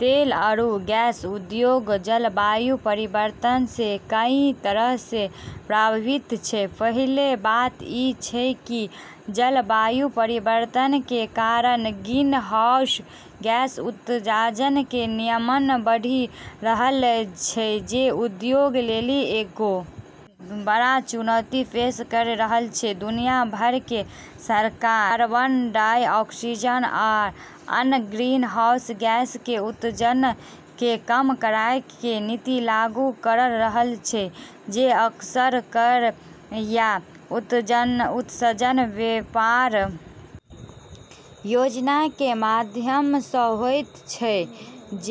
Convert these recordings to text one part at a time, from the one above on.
तेल आरू गैस उद्योग जलवायु परिवर्तन से कई तरह से प्रभावित छै। पहिल बात ई छै कि जलवायु परिवर्तन के कारण ग्रीनहाउस गैस उत्सर्जन के नियमन बढ़ी रहलऽ छै जे उद्योग लेली एगो बड़ऽ चुनौती पेश करी रहलऽ छै, दुनिया भर कें सरकारक कार्बन डाइऑक्साइड आ अन्य ग्रीनहाउस गैस कें उत्सर्जन कें कम करय कें नीति लागू करय रहल छै जे अक्सर कर या उत्सर्जन व्यापार योजना कें माध्यम सं होयत छै,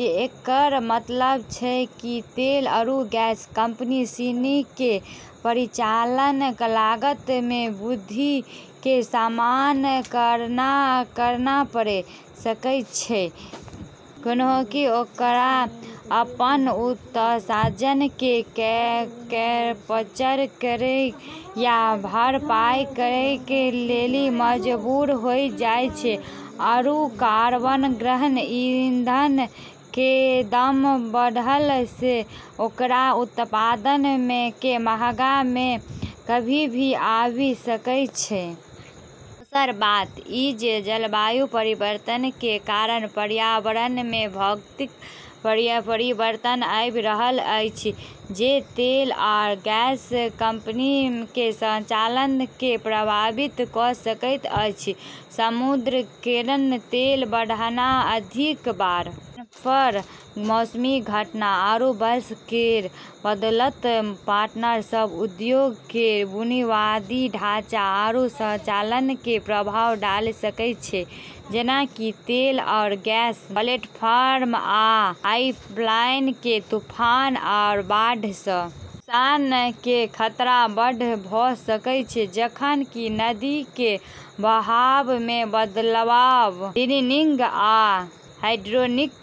एकरऽ मतलब छै कि तेल आरू गैस कंपनी सिनी के परिचालन लागत मे वृद्धि के सामना करना पड़े सकै छै कैन्हेंकि ओकरा अपनऽ उत्सर्जन के कैप्चर करै या भरपाई करै लेली मजबूर होय जाय छै आरू कार्बन-गहन ईंधन केरऽ दाम बढ़ला से ओकरऽ उत्पादऽ के मांग मे कमी भी आबी सकै छै। दोसर बात ई जे जलवायु परिवर्तन के कारण पर्यावरण में भौतिक परिवर्तन आबि रहल अछि जे तेल आ गैस कंपनी के संचालन के प्रभावित क सकैत अछि, समुद्र केरऽ तल बढ़ना, अधिक बार चरम मौसमी घटना आरू वर्षा केरऽ बदलतऽ पैटर्न सब उद्योग केरऽ बुनियादी ढाँचा आरू संचालन पे प्रभाव डाले सकै छै जेना कि तेल आ गैस प्लेटफार्म आ पाइपलाइन कें तूफान आ बाढ़ सं नुकसान कें खतरा बढ़ल भ सकय छै जखन कि नदी कें बहाव मे बदलाव ड्रिलिंग आ हाइड्रोलिक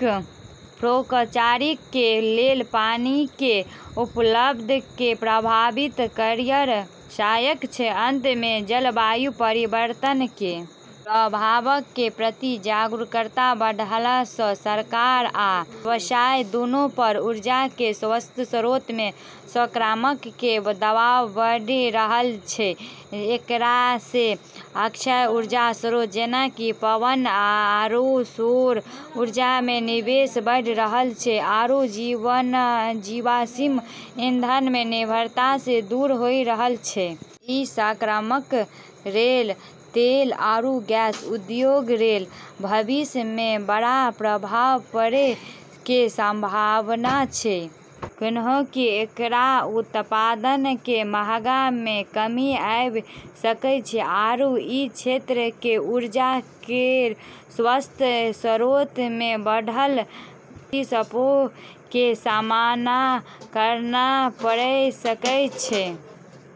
फ्रैक्चरिंग कें लेल पानी कें उपलब्धता कें प्रभावित कयर सकय छै, अंत मे जलवायु परिवर्तन कें प्रभावक कें प्रति जागरूकता बढ़ला सं सरकार आ व्यवसाय दूनू पर ऊर्जा कें स्वच्छ स्रोत मे संक्रमण कें दबाव बढ़ी रहल छै, एकरा से अक्षय ऊर्जा स्रोत जेना कि पवन आरू सौर ऊर्जा मे निवेश बढ़ी रहलऽ छै आरू जीवाश्म ईंधन पे निर्भरता से दूर होय रहलऽ छै। ई संक्रमण केरऽ तेल आरू गैस उद्योग केरऽ भविष्य पे बड़ऽ प्रभाव पड़ै के संभावना छै कैन्हेंकि एकरऽ उत्पादऽ के मांग मे कमी आबी सकै छै आरू ई क्षेत्र के ऊर्जा केरऽ स्वच्छ स्रोतऽ से बढ़लऽ प्रतिस्पर्धा के सामना करना पड़े सकै छै।